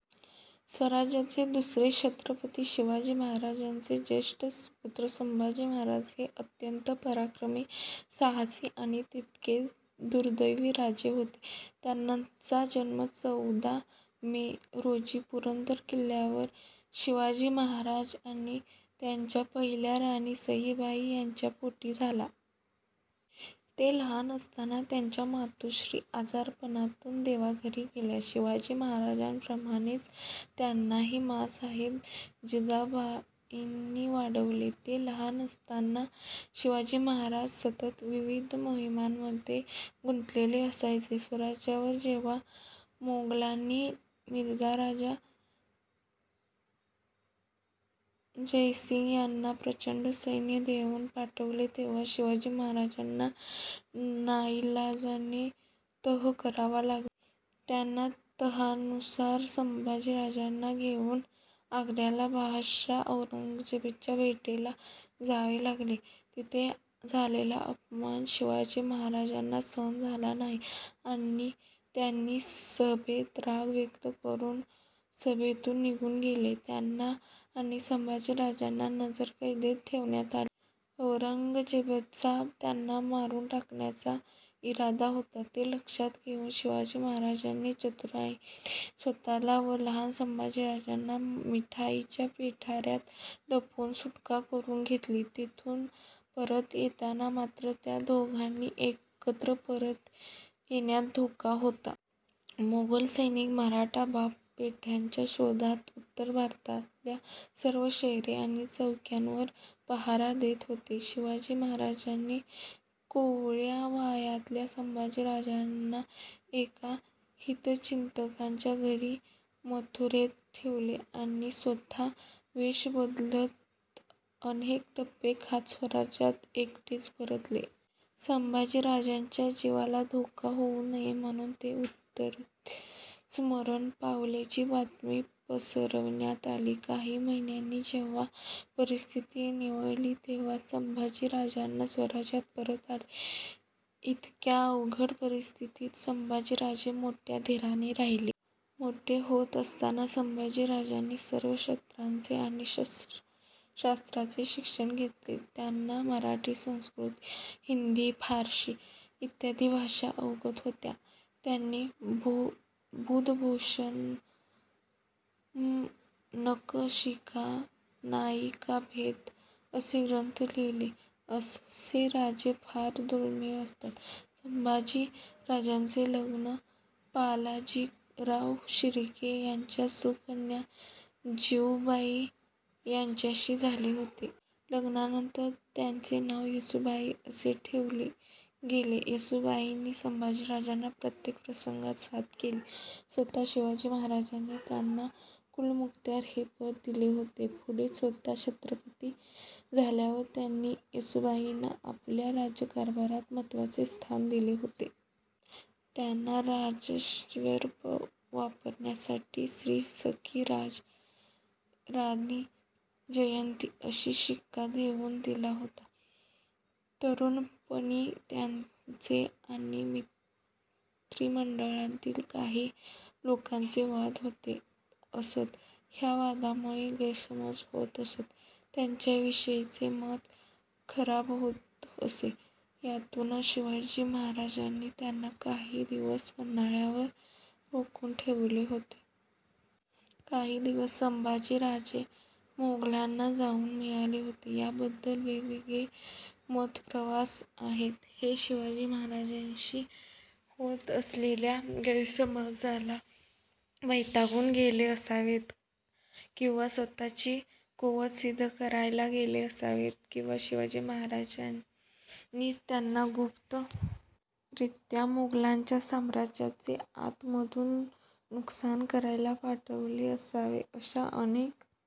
स्वराज्याचे दुसरे छत्रपती, शिवाजी महाराजांचे ज्येष्ठ सुपुत्र संभाजी महाराज हे अत्यंत पराक्रमी, साहसी आणि तितकेच दुर्दैवी राजे होते. त्यांचा जन्म चौदा मे रोजी पुरंदर किल्ल्यावर शिवाजी महाराज आणि त्यांच्या पहिल्या राणी सईबाई यांच्या पोटी झाला. ते लहान असतानाच त्यांच्या मातोश्री आजारपणातुन देवाघरी गेल्या. शिवाजी महाराजांप्रमाणेच त्यांनाही मांसाहेब जिजाबाईंनी वाढवले. ते लहान असताना शिवाजी महाराज सतत विविध मोहिमांमध्ये गुंतलेले असायचे. स्वराज्यावर जेव्हा मोगलांनी मिर्झा राजा जयसिंग यांना प्रचंड सैन्य देऊन पाठवले, तेव्हा शिवाजी महाराजांना नाईलाजाने तह करावा लागला. त्यांना तहानुसार संभाजी राजांना घेऊन आग्र्याला बादशहा औरंगजेबाच्या भेटीला जावे लागले. तिथे झालेला अपमान शिवाजी महाराजांना सहन झाला नाही आणि त्यांनी सभेत राग व्यक्त करून सभेतुन निघुन गेले. त्यांना आणि संभाजी राजांना नजरकैदेत ठेवण्यात आले. औरंगजेबाचा त्यांना मारून टाकण्याचा इरादा होता. ते लक्षात घेऊन शिवाजी महाराजांनी चतुराईने स्वतःला व लहान संभाजीराजांना मिठाईच्या पेटाऱ्यात लपवुन सुटका करून घेतली. तिथुन परत येताना मात्र त्या दोघांनी एकत्र परत येण्यात धोका होता. मोगल सैनिक मराठा बाप बेट्यांच्या शोधात उत्तर भारतातल्या सर्व शहरे आणि चौक्यांवर पहारा देत होते. शिवाजी महाराजांनी कोवळ्या वयातल्या संभाजी राजांना एका हितचिंतकांच्या घरी मथुरेत ठेवले आणि स्वतः वेष बदलत अनेक टप्पे खात स्वराज्यात एकटेच परतले. संभाजी राजांच्या जीवाला धोका होऊ नये म्हणुन ते उत्तरेतच मरण पावल्याची बातमी पसरवण्यात आली. काही महिन्यांनी जेव्हा परिस्थिती निवळली तेव्हाच संभाजी राजांना स्वराज्यात परतत आले. इतक्या अवघड परिस्थितीत संभाजी राजे मोठ्या धीराने राहिले. मोठे होत असताना संभाजी राजांनी सर्व शस्त्रांचे आणि शास्त्रांचे शिक्षण घेतले. त्यांना मराठी, संस्कृत, हिंदी, फारशी इत्यादी भाषा अवगत होत्या. त्यांनी बुधभूषणम, नखशिखा, नायिकाभेद असे ग्रंथ लिहिले. असे राजे फार दुर्मिळ असतात. संभाजी राजांचे लग्न पिलाजीराव शिर्के यांची सुकन्या जिवुबाई यांच्याशी झाले होते. लग्नानंतर त्यांचे नाव येसूबाई असे ठेवले गेले. येसूबाईंनी संभाजीराजांना प्रत्येक प्रसंगात साथ केली. स्वतः शिवाजी महाराजांनी त्यांना कुलमुखत्यार हे पद दिले होते. पुढे स्वतः छत्रपती झाल्यावर त्यांनी येसूबाईंना आपल्या राज्यकारभारात महत्वाचे स्थान दिले होते. त्यांना राजाज्ञेवर वापरण्यासाठी श्री सखी राज्ञी जयंती असा शिक्का बनवुन दिला होता. तरुणपणी त्यांचे आणि मंत्रीमंडळातील काही लोकांचे वाद होत असत. ह्या वादांमुळे गैरसमज होत असत त्यांच्याविषयीचे मत खराब होत असे. ह्यातुनच शिवाजी महाराजांनी त्यांना काही दिवस पन्हाळ्यावर रोखुन ठेवले होते. काही दिवस संभाजी राजे मोगलांना जाऊन मिळाले होते. याबद्दल वेगवेगळे मतप्रवाह आहेत. ते शिवाजी महाराजांशी होत असलेल्या गैरसमजाला वैतागुन गेले असावेत किंवा स्वतःची कुवत सिद्ध करायला गेले असावेत किंवा शिवाजी महाराजांनीच त्यांना गुप्त रित्या मोगलांच्या साम्राज्याचे आतमधुन नुकसान करायला पाठवले असावे अशा अनेक